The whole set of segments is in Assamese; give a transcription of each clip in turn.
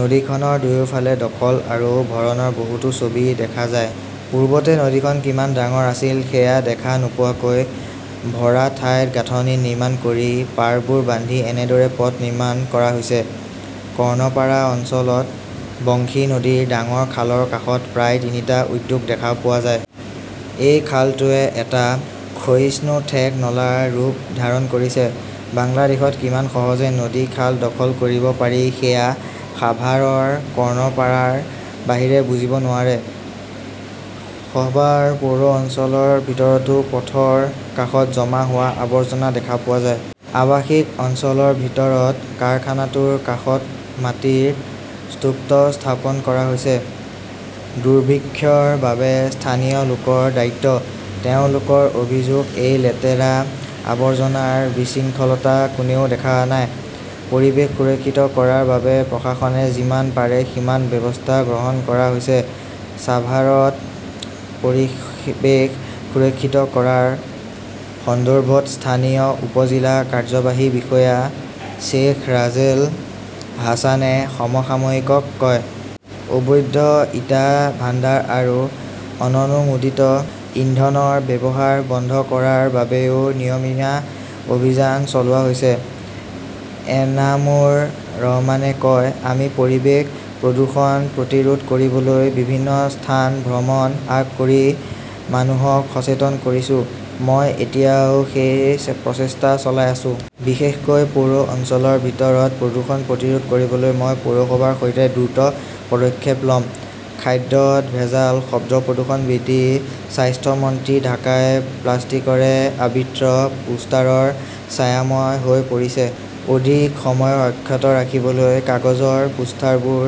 নদীখনৰ দুয়োফালে দখল আৰু ভৰণৰ বহুতো ছবি দেখা যায়। পূৰ্বতে নদীখন কিমান ডাঙৰ আছিল সেয়া দেখা নোপোৱাকৈ, ভৰা ঠাইত গাঁথনি নিৰ্মাণ কৰি, পাৰবোৰ বান্ধি এনেদৰে পথ নিৰ্মাণ কৰা হৈছে। কৰ্ণপাৰা অঞ্চলত বংশী নদীৰ ডাঙৰ খালৰ কাষত প্ৰায় তিনিটা উদ্যোগ দেখা পোৱা যায়। এই খালটোৱে এটা ক্ষয়িষ্ণু ঠেক নলাৰ ৰূপ ধাৰণ কৰিছে। বাংলাদেশত কিমান সহজে নদী-খাল দখল কৰিব পাৰি সেয়া সাভাৰৰ কৰ্ণপাৰাৰ বাহিৰে বুজিব নোৱাৰি। সাভাৰ পৌৰ অঞ্চলৰ ভিতৰতো পথৰ কাষত জমা হোৱা আৱৰ্জনা দেখা পোৱা যায়। আৱাসিক অঞ্চলৰ ভিতৰত কাৰখানাটোৰ কাষত মাটিৰ স্তূপ স্থাপন কৰা হৈছে। দুৰ্ভিক্ষৰ বাবে স্থানীয় লোকৰ দায়িত্ব। তেওঁলোকৰ অভিযোগ-এই লেতেৰা-আৱৰ্জনাৰ বিশৃংখলতা কোনেও দেখা নাই। পৰিৱেশ সুৰক্ষিত কৰাৰ বাবে প্ৰশাসনে যিমান পাৰে সিমান ব্যৱস্থা গ্ৰহণ কৰা হৈছে, ছাভাৰত পৰিৱেশ সুৰক্ষিত কৰাৰ সন্দৰ্ভত স্থানীয় উপ-জিলা কাৰ্যবাহী বিষয়া শ্বেখ ৰাছেল হাছানে সমসাময়িকক কয়। অবৈধ ইটা ভাণ্ডাৰ আৰু অননুমোদিত ইন্ধনৰ ব্যৱহাৰ বন্ধ কৰাৰ বাবেও নিয়মীয়া অভিযান চলোৱা হৈছে। এনামুৰ ৰহমানে কয়, আমি পৰিৱেশ প্ৰদূষণ প্ৰতিৰোধ কৰিবলৈ বিভিন্ন স্থান ভ্ৰমণ কৰি মানুহক সচেতন কৰিছো। মই এতিয়াও সেই প্ৰচেষ্টা চলাই আছো। বিশেষকৈ পৌৰ অঞ্চলৰ ভিতৰত প্ৰদূষণ প্ৰতিৰোধ কৰিবলৈ মই পৌৰসভাৰ সৈতে দ্ৰুত পদক্ষেপ ল’ম। খাদ্যত ভেজাল, শব্দ প্ৰদূষণ বৃদ্ধিঃ স্বাস্থ্য মন্ত্ৰী ঢাকাই প্লাষ্টিকৰে আবৃত পোষ্টাৰত ছায়াময় হৈ পৰিছে। অধিক সময় অক্ষত ৰাখিবলৈ কাগজৰ পোষ্টাৰবোৰ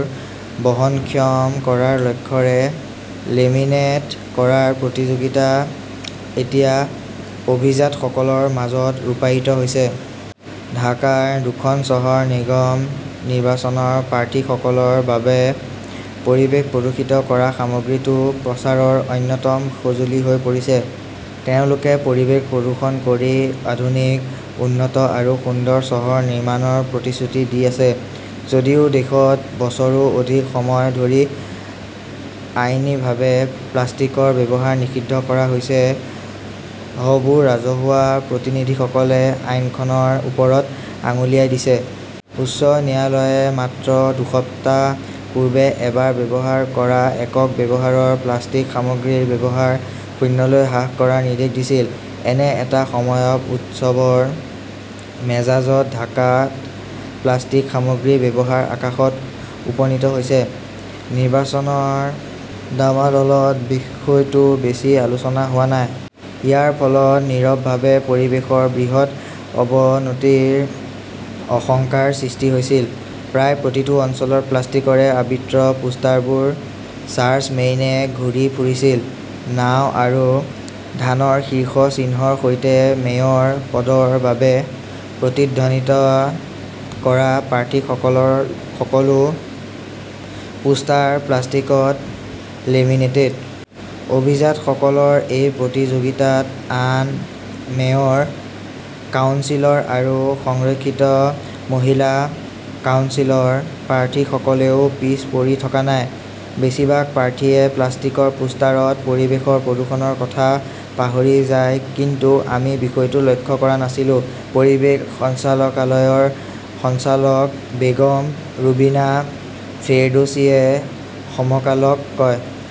বহনক্ষম কৰাৰ লক্ষ্যৰে লেমিনেট কৰাৰ প্ৰতিযোগিতা এতিয়া অভিজাতসকলৰ মাজত ৰূপায়িত হৈছে। ঢাকাৰ দুখন চহৰ নিগম নিৰ্বাচনত প্ৰাৰ্থীসকলৰ বাবে পৰিৱেশ প্ৰদূষিত কৰা সামগ্ৰীটো প্ৰচাৰৰ অন্যতম সঁজুলি হৈ পৰিছে। তেওঁলোকে পৰিৱেশ প্ৰদূষণ কৰি আধুনিক, উন্নত আৰু সুন্দৰ চহৰ নিৰ্মাণৰ প্ৰতিশ্ৰুতি দি আছে। যদিও দেশত বছৰৰো অধিক সময় ধৰি আইনীভাৱে প্লাষ্টিকৰ ব্যৱহাৰ নিষিদ্ধ কৰা হৈছে, হবু ৰাজহুৱা প্ৰতিনিধিসকলে আইনখনৰ ওপৰত আঙুলিয়াই দিছে। উচ্চ ন্যায়ালয়ে মাত্ৰ দুসপ্তাহ পূৰ্বে এবাৰ ব্যৱহাৰ কৰা একক ব্যৱহাৰৰ প্লাষ্টিক সামগ্ৰীৰ ব্যৱহাৰ শূন্যলৈ হ্ৰাস কৰাৰ নিৰ্দেশ দিছিল। এনে এটা সময়ত, উৎসৱৰ মেজাজত ঢাকাত প্লাষ্টিক সামগ্ৰীৰ ব্যৱহাৰ আকাশত উপনীত হৈছে। নিৰ্বাচনৰ ডামাডলত বিষয়টো বেছি আলোচনা হোৱা নাই। ইয়াৰ ফলত নীৰৱভাৱে পৰিৱেশৰ বৃহৎ অৱনতিৰ আশংকাৰ সৃষ্টি হৈছিল। প্ৰায় প্ৰতিটো অঞ্চলত প্লাষ্টিকৰে আবৃত পোষ্টাৰবোৰ চাৰ্জমেইনে ঘূৰি ফুৰিছিল। নাও আৰু ধানৰ শীৰ্ষ চিহ্নৰ সৈতে মেয়ৰ পদৰ বাবে প্ৰতিদ্বন্দ্বিতা কৰা প্ৰাৰ্থীসকলৰ সকলো পোষ্টাৰ প্লাষ্টিকত লেমিনেটেড। অভিজাতসকলৰ এই প্ৰতিযোগিতাত আন মেয়ৰ, কাউন্সিলৰ আৰু সংৰক্ষিত মহিলা কাউন্সিলৰ প্ৰাৰ্থীসকলেও পিছ পৰি থকা নাই। বেছিভাগ প্ৰাৰ্থীয়ে প্লাষ্টিকৰ পোষ্টাৰত পৰিৱেশৰ প্ৰদূষণৰ কথা পাহৰি যায়। কিন্তু আমি বিষয়টো লক্ষ্য কৰা নাছিলো, পৰিৱেশ সঞ্চালকালয়ৰ সঞ্চালক বেগম ৰুবিনা ফেৰদৌছিয়ে সমকালক কয়।